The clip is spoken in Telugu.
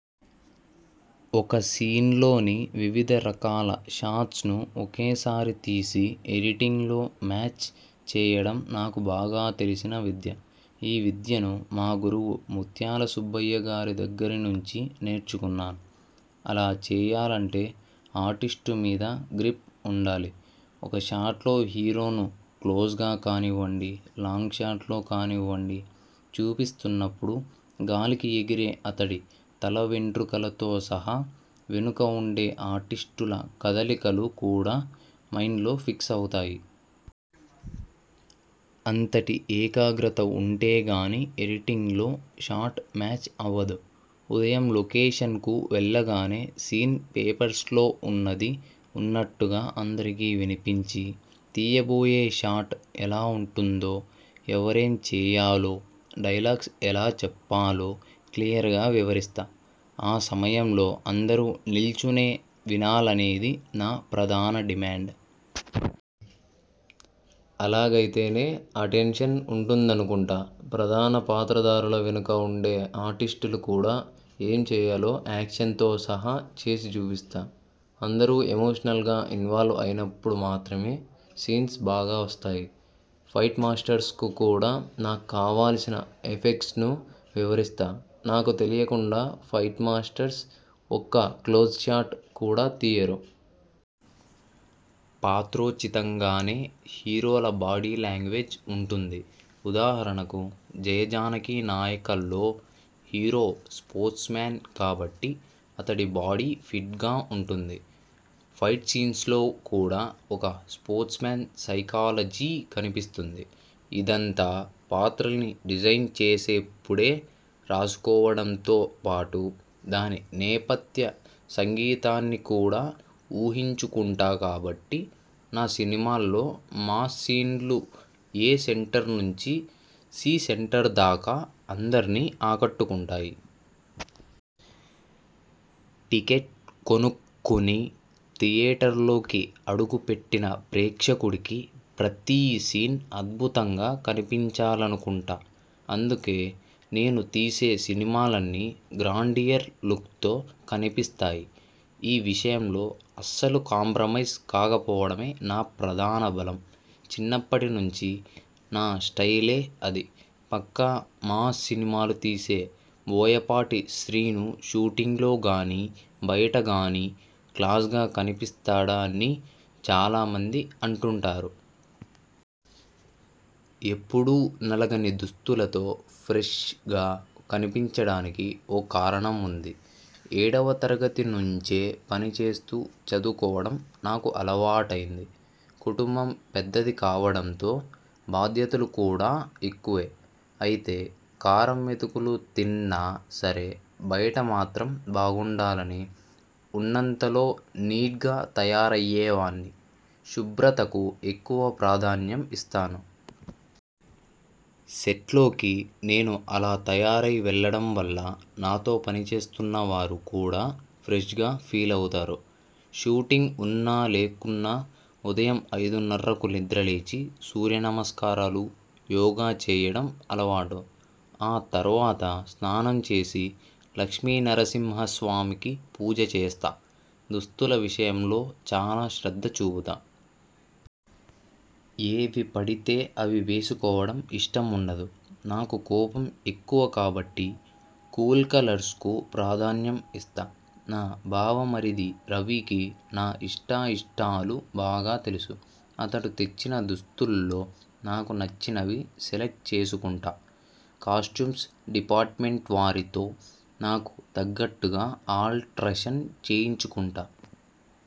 ఒక సీన్లోని వివిధ రకాల షాట్స్ను ఒకేసారి తీసి ఎడిటింగ్లో మ్యాచ్ చేయడం నాకు బాగా తెలిసిన విద్య. ఈ విద్యను మా గురువు ముత్యాల సుబ్బయ్యగారి దగ్గరి నుంచి నేర్చుకున్నాను. అలా చేయాలంటే ఆర్టిస్టు మీద గ్రిప్ ఉండాలి. ఒక షాట్లో హీరోను క్లోజ్గా కానివ్వండి, లాంగ్షాట్లో కానివ్వండి చూపిస్తున్నప్పుడు గాలికి ఎగిరే అతడి తల వెంట్రుకలతో సహా వెనుక ఉండే ఆర్టిస్టుల కదలికలు కూడా మైండ్లో ఫిక్స్ అవుతాయి. అంతటి ఏకాగ్రత ఉంటేగానీ ఎడిటింగ్లో షాట్ మ్యాచ్ అవ్వదు. ఉదయం లొకేషన్కు వెళ్లగానే సీన్ పేపర్స్లో ఉన్నది ఉన్నట్టుగా అందరికీ వినిపించి, తీయబోయే షాట్ ఎలా ఉంటుందో, ఎవరేం చేయాలో, డైలాగ్స్ ఎలా చెప్పాలో క్లియర్గా వివరిస్తా. ఆ సమయంలో అందరూ నిల్చునే వినాలనేది నా ప్రధాన డిమాండ్. అలాగైతేనే అటెన్షన్ ఉంటుందనుకుంటా. ప్రధాన పాత్రధారుల వెనుక ఉండే ఆర్టిస్టులు కూడా ఏం చేయాలో యాక్షన్తో సహా చేసి చూపిస్తా. అందరూ ఎమోషనల్గా ఇన్వాల్వ్ అయినప్పుడు మాత్రమే సీన్స్ బాగా వస్తాయి. ఫైట్ మాస్టర్స్కు కూడా నాక్కావాల్సిన ఎఫెక్ట్ను వివరిస్తా. నాకు తెలియకుండా ఫైట్మాస్టర్స్ ఒక్క క్లోజ్షాట్ కూడా తీయరు. పాత్రోచితంగానే హీరోల బాడీలాంగ్వేజ్ ఉంటుంది. ఉదాహరణకు 'జయ జానకి నాయక'లో హీరో స్పోర్ట్స్మ్యాన్ కాబట్టి అతడి బాడీ ఫిట్గా ఉంటుంది. ఫైట్ సీన్స్లో కూడా ఒక స్పోర్ట్స్మ్యాన్ సైకాలజీ కనిపిస్తుంది. ఇదంతా పాత్రల్ని డిజైన్ చేసేప్పుడే రాసుకోవడంతో పాటు, దాని నేపథ్య సంగీతాన్ని కూడా ఊహించుకుంటా కాబట్టి నా సినిమాల్లో మాస్ సీన్లు ఏ సెంటర్ నుంచి సి సెంటర్దాకా అందర్నీ ఆకట్టుకుంటాయి. టికెట్ కొనుక్కుని థియేటర్లోకి అడుగు పెట్టిన ప్రేక్షకుడికి ప్రతీ సీన్ అద్భుతంగా కనిపించాలనుకుంటా. అందుకే నేను తీసే సినిమాలన్నీ గ్రాండియర్ లుక్తో కనిపిస్తాయి. ఈ విషయంలో అస్సలు కాంప్రమైజ్ కాకపోవడమే నా ప్రధాన బలం. చిన్నప్పటి నుంచి నా 'స్టయిలే' అది 'పక్కా మాస్ సినిమాలు తీసే బోయపాటి శ్రీను షూటింగ్లోగానీ, బయటగానీ క్లాస్గా కనిపిస్తాడ'ని చాలామంది అంటుంటారు. ఎప్పుడూ నలగని దుస్తులతో 'ఫ్రెష్'గా కనిపించడానికి ఓ కారణం ఉంది. ఏడవ తరగతి నుంచే పనిచేస్తూ చదువుకోవడం నాకు అలవాటైంది. కుటుంబం పెద్దది కావడంతో బాధ్యతలు కూడా ఎక్కువే. అయితే కారం మెతుకులు తిన్నా సరే బయట మాత్రం బాగుండాలని, ఉన్నంతలో నీట్గా తయారయ్యేవాణ్ణి. శుభ్రతకు ఎక్కువ ప్రాధాన్యం ఇస్తాను. సెట్లోకి నేను అలా తయారై వెళ్లడం వల్ల నాతో పనిచేస్తున్నవారు కూడా ఫ్రెష్గా ఫీలవుతారు. షూటింగ్ ఉన్నా లేకున్నా ఉదయం ఐదున్నరకు నిద్రలేచి, సూర్య నమస్కారాలు, యోగా చేయడం అలవాటు. ఆ తర్వాత స్నానం చేసి లక్ష్మీనరసింహస్వామికి పూజ చేస్తా. దుస్తుల విషయంలో చాలా శ్రద్ధ చూపుతా. ఏవి పడితే అవి వేసుకోవడం ఇష్టం ఉండదు. నాకు కోపం ఎక్కువ కాబట్టి, కూల్కలర్స్కు ప్రాధాన్యం ఇస్తా. నా బావమరిది రవికి నా ఇష్టాయిష్టాలు బాగా తెలుసు. అతడు తెచ్చిన దుస్తుల్లో నాకు నచ్చినవి సెలెక్ట్ చేసుకుంటా. కాస్ట్యూమ్స్ డిపార్ట్మెంట్వారితో నాకు తగ్గట్టుగా ఆలే్ట్రషన్ చేయించుకుంటా.